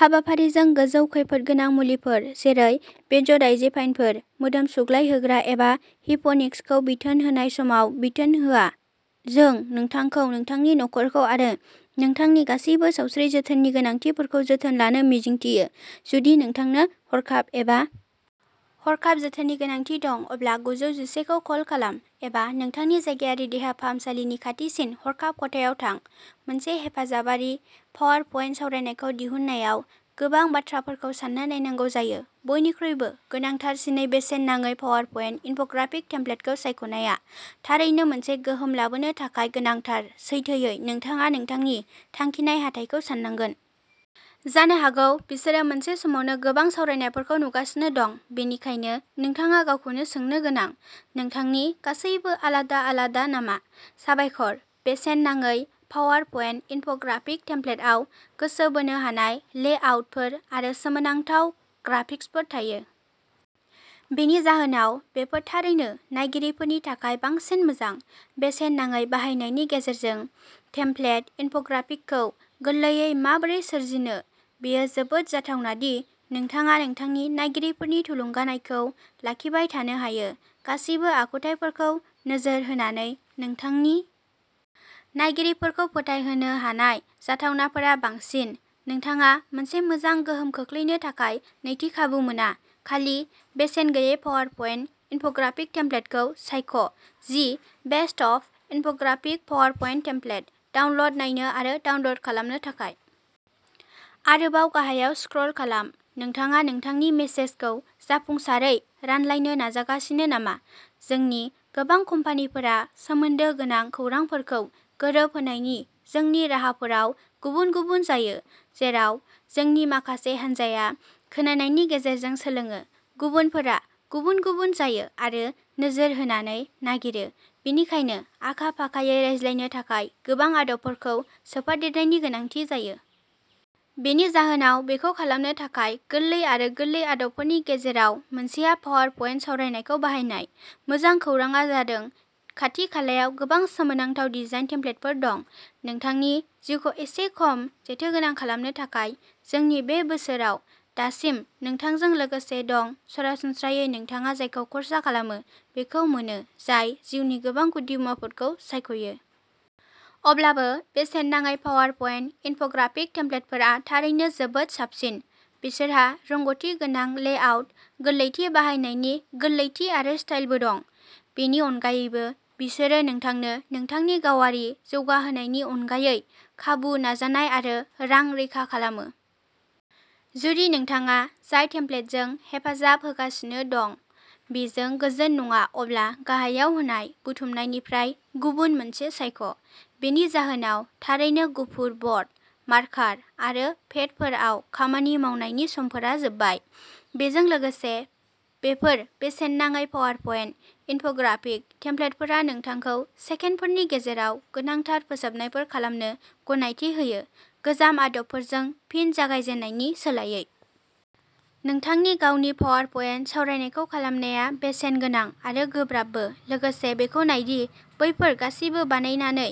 हाबाफारि जों गोजौ खैफोदगोनां मुलिफोर जेरै बेनज'डायजेपाइनफोर मोदोम सुग्लायहोग्राफोर एबा हिप'निक्सखौ बिथोन होनाय समाव बिथोन होआ जों नोंथांखौ नोंथांनि नखरखौ आरो नोंथांनि गासिबो सावस्रि जोथोननि गोनांथिफोरखौ जोथोन लानो मिजिंथियो। जुदि नोंथांनो हरखाब एबा हरखाब जोथोननि गोनांथि दं अब्ला गुजौ जिसे खौ कल खालाम एबा नोंथांनि जायगायारि देहा फाहामसालिनि खाथिसिन हरखाब खथायाव थां मोनसे हेफाजाबारि पावारप्वइन्ट सावरायनायखौ दिहुननायाव गोबां बाथ्राफोरखौ सानना नायनांगौ जायो बयनिख्रुइबो गोनांथारसिनै बेसेन नाङै पावारप्वइन्ट इनफ'ग्राफिक टेमप्लेटखौ सायख'नाया थारैनो मोनसे गोहोम लाबोनो थाखाय गोनांथार सैथोयै नोंथाङा नोंथांनि थांखिनाय हाथाइखौ साननांगोन। जानो हागौ बिसोरो मोनसे समावनो गोबां सावरायनायफोरखौ नुगासिनो दं बेनिखायनो नोंथाङा गावखौनो सोंनो गोनां नोंथांनि गासैबो आलादा आलादा नामा साबायखर बेसेन नाङै पावारप्वइन्ट इनफ'ग्राफिक टेमप्लेटआव गोसो बोनो हानाय लेआउटफोर आरो सोमोनांथाव ग्राफिक्सफोर थायो। बेनि जाहोनाव बेफोर थारैनो नायगिरिफोरनि थाखाय बांसिन मोजां। बेसेन नाङै बाहायनायनि गेजेरजों टेमप्लेट इनफ'ग्राफिक्सखौ गोरलैयै माबोरै सोरजिनो बेयो जोबोद जाथावना दि नोंथाङा नोंथांनि नायगिरिफोरनि थुलुंगानायखौ लाखिबाय थानो हायो गासिबो आखुथाइफोरखौ नोजोर होनानै नोंथांनि नायगिरिफोरखौ फोथायहोनो हानाय जाथावनाफोरा बांसिन नोंथाङा मोनसे मोजां गोहोम खोख्लैनो थाखाय नैथि खाबु मोना खालि बेसेन गैयै पावारप'न्ट इनफ'ग्राफिक टेमप्लेटखौ सायख' the best of infographic PowerPoint template download नायनो आरो डाउनल'ड खालामनो थाखाय आरोबाव गाहायाव स्क्रोल खालाम नोंथाङा नोंथांनि मेसेजखौ जाफुंसारै रानलायनो नाजागासिनो नामा जोंनि गोबां कम्पानिफोरा सोमोन्दो गोनां खौरांफोरखौ गोरोबहोनायनि जोंनि राहाफोराव गुबुन गुबुन जायो जेराव जोंनि माखासे हान्जाया खोनानायनि गेजेरजों सोलोङो गुबुनफोरा गुबुन गुबुन जायो आरो नोजोर होनानै नागिरो बेनिखायनो आखा फाखायै रायज्लायनो थाखाय गोबां आदबफोरखौ सोफादेरनायनि गोनांथि जायो। बेनि जाहोनाव बेखौ खालामनो थाखाय गोरलै आरो गोरलै आदबफोरनि गेजेराव मोनसेआ पावारप'न्ट सावरायनायखौ बाहायनाय। मोजां खौरांआ जादों खाथि-खालायाव गोबां सोमोनांथाव डिजाइन टेमप्लेटफोर दं। नोंथांनि जिउखौ एसे खम जेथोगोनां खालामनो थाखाय जोंनि बे बोसोराव दासिम नोंथांजों लोगोसे दं सरासनस्रायै नोंथाङा जायखौ खर्सा खालामो बेखौ मोनो जाय जिउनि गोबां गुदिमुवाफोरखौ सायख'यो। अब्लाबो बेसेन नाङै पावारप'न्ट इनफ'ग्राफिक टेमप्लेटफोरा थारैनो जोबोद साबसिन बिसोरहा रोंग'थि गोनां लेआउट गोरलैथि बाहायनायनि गोरलैथि आरो स्टाइलबो दं। बेनि अनगायैबो बिसोरो नोंथांनो नोंथांनि गावारिखौ जौगाहोनायनि अनगायै खाबु नाजानाय आरो रां रैखा खालामो। जुदि नोंथाङा जाय टेमप्लेटजों हेफाजाब होगासिनो दं बेजों गोजोन नङा अब्ला गाहायाव होनाय बुथुमनायनिफ्राय गुबुन मोनसे सायख'। बेनि जाहोनाव थारैनो गुफुर ब'र्ड मार्कार आरो पेडफोराव खामानि मावनायनि समफोरा जोबबाय। बेजों लोगोसे बेफोर बेसेन नाङै पावारप'न्ट इनफ'ग्राफिक टेमप्लेटफोरा नोंथांखौ सेकेन्डफोरनि गेजेराव गोनांथार फोसाबनायफोर खालामनो गनायथि होयो गोजाम आदबफोरजों फिन जागायजेन्नायनि सोलायै। नोंथांनि गावनि पावारप'न्ट सावरायनायखौ खालामनाया बेसेन गोनां आरो गोब्राबबो। लोगोसे बेखौ नाय दि बैफोर गासिबो बानायनानै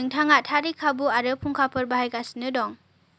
नोंथाङा थारैनो खाबु आरो फुंखाफोरखौ बाहायगासिनो दं।